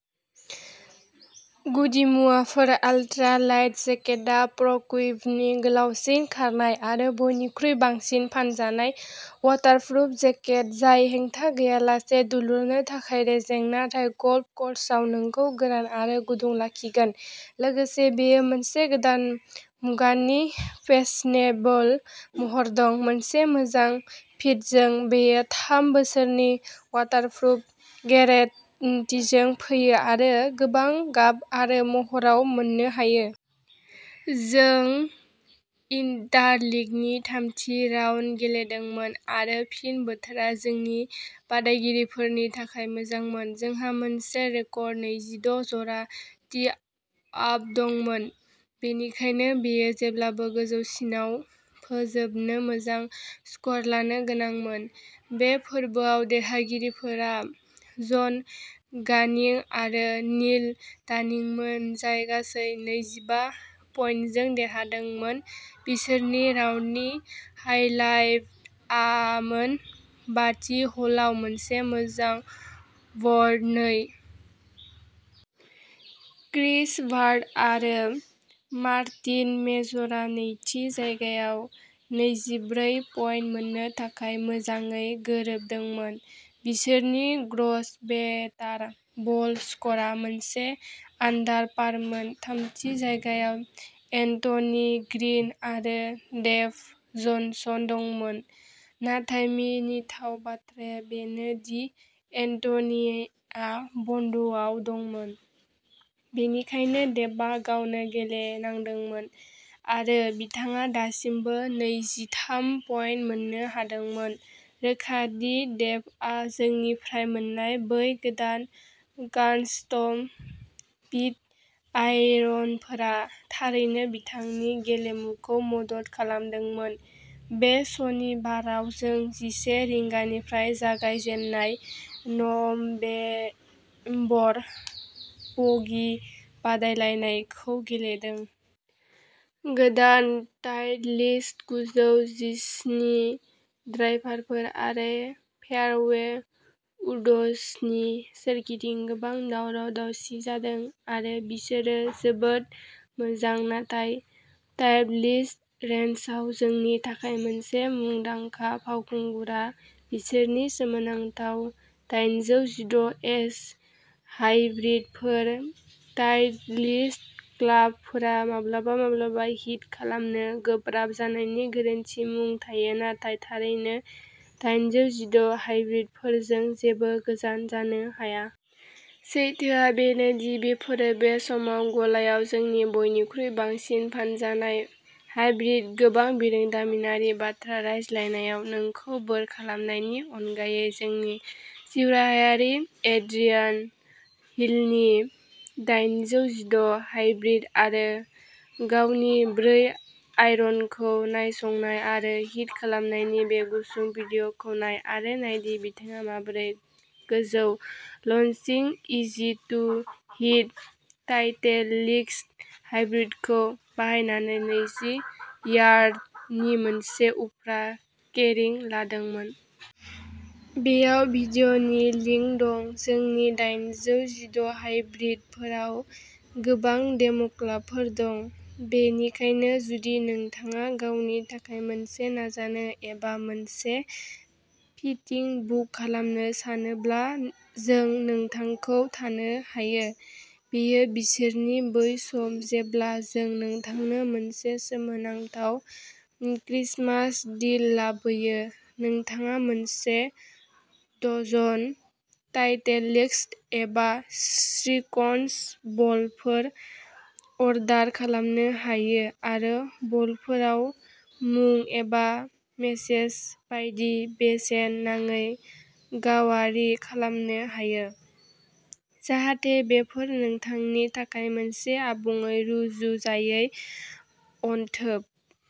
गुदिमुवाफोर ultra light जेकेटआ प्रकुइपनि गोलावसिन खारनाय आरो बयनिख्रुइ बांसिन फानजानाय वाटारप्रुफ जेकेट जाय हेंथा गैयालासे दुलुरनो थाखाय रेजें नाथाय गल्फ कर्सआव नोंखौ गोरान आरो गुदुं लाखिगोन लोगोसे बेयो मोनसे गोदान मुगानि फेशनेबल महर दं, मोनसे मोजां फिटजों, बेयो थाम बोसोरनि वाटारप्रुफ गेरेन्टिजों फैयो आरो गोबां गाब आरो महरफोराव मोननो हायो। जों उइन्टार लिगनि थामथि राउन्ड गेलेदोंमोन आरो फिन बोथोरा जोंनि बादायगिरिफोरनि थाखाय मोजांमोन जोंहा मोनसे रेकर्ड नैजिद’ जरा टि आप दंमोन बेनिखायनो बेयो जेब्लाबो गोजौसिनाव फोजोबनो मोजां स्कर लानो गोनांमोन। बे फोरबोआव देरहागिरिफोरा जन गानिं आरो नील डानिंमोन जाय गासै नैजिबा पइन्टजों देरहादोंमोन बिसोरनि राउन्डनि हाइलाइटआमोन बाथि ह'लाव मोनसे मोजां बार्ड नै। क्रिस बार्ड आरो मार्टिन मेजरआ नैथि जायगायाव नैजिब्रै पइन्ट मोननो थाखाय मोजाङै गोरोबदोंमोन, बिसोरनि ग्र'स बेटार बल स्क'रआ मोनसे आन्डार पारमोन, थामथि जायगायाव एन्टनि ग्रिन आरो डेभ जनसन दंमोन, नाथाय मिनिथाव बाथ्राया बेनो दि एन्टनिआ बन्द'आव दंमोन बेनिखायनो डेभआ गावनो गेलेनांदोंमोन आरो बिथाङा दासिमबो नैजिथाम पइन्ट मोननो हादोंमोन, रोखा दि डेभआ जोंनिफ्राय मोननाय बै गोदान कास्टम फिट आयरनफोरा थारैनो बिथांनि गेलेमुखौ मदद खालामदों बे सनिबाराव जों जिसे रिंगानिफ्राय जागायजेननाय नमबेम्बर बगि बादायलायनायखौ गेलेदों। गोदान टाइटलिस्ट गुजौ जिस्नि ड्राइभारफोर आरो फेयारवे उड्सनि सोरगिदिं गोबां दावराव-दावसि जादों आरो बिसोरो जोबोद मोजां नाथाय टाइटलिस्ट रेन्जआव जोंनि थाखाय मोनसे मुंदांखा फावखुंगुरआ बिसोरनि सोमोनांथाव दाइनजौ जिद’ एच हाइब्रिडफोर, टाइटलिस्ट क्लाबफोरा माब्लाबा माब्लाबा हिट खालामनो गोब्राब जानायनि गोरोन्थि मुं थायो नाथाय थारैनो दाइनजौ जिद’ हाइब्रिडफोरजों जेबो गोजान जानो हाया। सैथोआ बेनो दि बेफोरो बे समाव गलायाव जोंनि बयनिख्रुइ बांसिन फानजानाय हाइब्रिद गोबां बिरोंदामिनारि बाथ्रा रायज्लायनायाव नोंखौ बोर खालामनायनि अनगायै जोंनि जिउराहायारि एड्रियान हिलनि दाइनजौ जिद’ हाइब्रिद आरो गावनि ब्रै आयरनखौ नायसंनाय आरो हिट खालामनायनि बे गुसुं भिडिय'खौ नाय आरो नायदि बिथाङा माबोरै गोजौ launching easy to hit Titleist हाइब्रिदखौ बाहायनानै नैजि यार्डनि मोनसे उफ्रा केरिं लादोंमोन। बेयाव भिडिय'नि लिंक दं। जोंनि दाइनजौ जिद’ हाइब्रिदफोराव गोबां डेम'क्लाबफोर दं, बेनिखायनो जुदि नोंथाङा गावनि थाखाय मोनसे नाजानो एबा मोनसे फिटिं बुक खालामनो सानोब्ला जों नोंथांखौ थानो हायो। बेयो बोसोरनि बै सम जेब्ला जों नोंथांनो मोनसे सोमोनांथाव क्रिसमास डिल लाबोयो, नोंथाङा मोनसे डजन टाइटेलिस्ट एबा श्रिकन्स बलफोर अर्डार खालामनो हायो आरो बलफोराव मुं एबा मेसेज बायदि बेसेन नाङै गावारि खालामनो हायो, जाहाथे बेफोर नोंथांनि थाखाय मोनसे आबुङै रुजुजायै अनथोब।